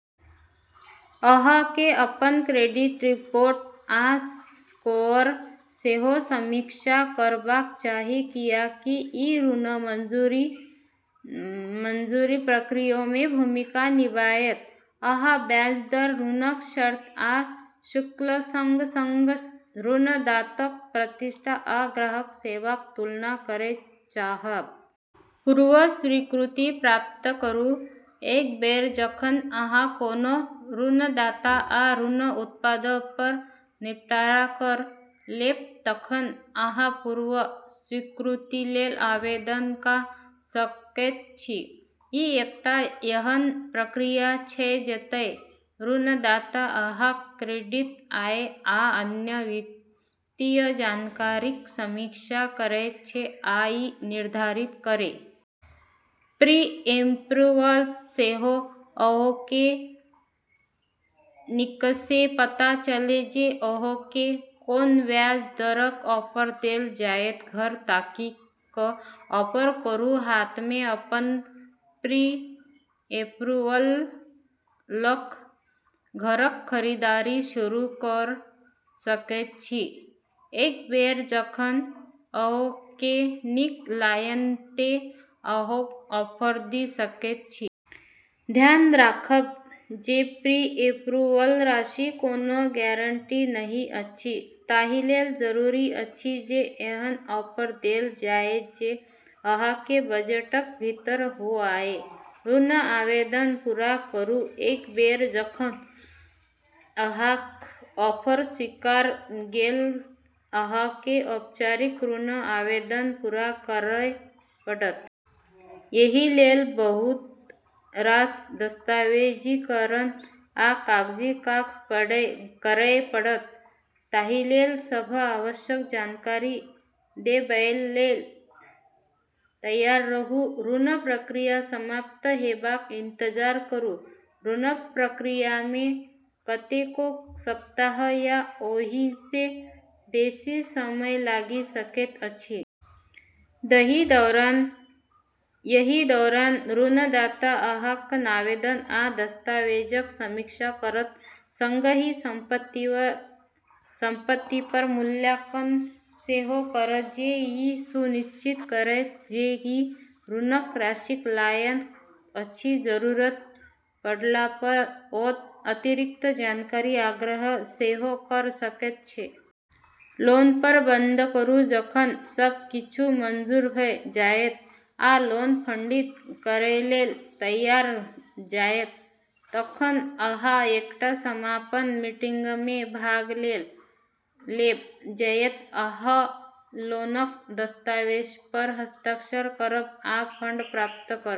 अहाँकेँ अपन credit report आ स्कोरक सेहो समीक्षा करबाक चाही, कियाकि ई ऋण मंजूरी प्रक्रियामे भूमिका निभायत। अहाँ ब्याज दर, ऋणक शर्त, आ शुल्कक संग-संग ऋणदाताक प्रतिष्ठा आ ग्राहक सेवाक तुलना करै चाहब। पूर्व स्वीकृति प्राप्त करू: एक बेर जखन अहाँ कोनो ऋणदाता आ ऋण उत्पादपर निपटारा कऽ लेब तखन अहाँ पूर्व स्वीकृतिलेल आवेदन कऽ सकैत छी। ई एकटा एहन प्रक्रिया छै जतय ऋणदाता अहाँक क्रेडिट, आय आ अन्य वित्तीय जानकारीक समीक्षा करैत छै आ ई निर्धारित करैत छै कि ओ अहाँकेँ कतेक उधार देबैलेल तैयार छै। प्री-एप्रूवलसँ सेहो अहाँकेँ नीकसँ पता चलत जे अहाँकेँ कोन ब्याज दरक ऑफर देल जायत। घर ताकी कऽ ऑफर करू: हाथमे अपन प्री-एप्रूवल लऽ कऽ घरक खरीदारी शुरू कऽ सकैत छी। एक बेर जखन अहाँकेँ नीक लागय तँ अहाँ ऑफर दऽ सकैत छी। ध्यान राखब जे प्री-एप्रूवल राशि कोनो गारंटी नहि अछि, ताहिलेल जरूरी अछि जे एहन ऑफर देल जाय जे अहाँक बजटक भीतर होआय। ऋण आवेदन पूरा करू: एक बेर जखन अहाँक ऑफर स्वीकार भऽ गेल तँ अहाँकेँ औपचारिक ऋण आवेदन पूरा करै पड़त। एहिलेल बहुत रास दस्तावेजीकरण आ कागजी काज करै पड़त, ताहिलेल सभ आवश्यक जानकारी देबैलेल तैयार रहू। ऋण प्रक्रिया समाप्त हेबाक इंतजार करू: ऋण प्रक्रियामे कतेको सप्ताह या ओहिसँ बेसी समय लागि सकैत अछि। एहि दौरान ऋणदाता अहाँक आवेदन आ दस्तावेजक समीक्षा करत, संगहि संपत्तिपर मूल्यांकन सेहो करत जे ई सुनिश्चित करत जे ई ऋणक राशिक लायक अछि। जरूरत पड़लापर ओ अतिरिक्त जानकारीक आग्रह सेहो कऽ सकैत छै। लोनपर बंद करू: जखन सब किछु मंजूर भऽ जायत आ लोन फंडिंग करैलेल तैयार भऽ जायत तखन अहाँ एकटा समापन मीटिंगमे भाग लेब जतय अहाँ लोनक दस्तावेजपर हस्ताक्षर करब आ फंड प्राप्त करब।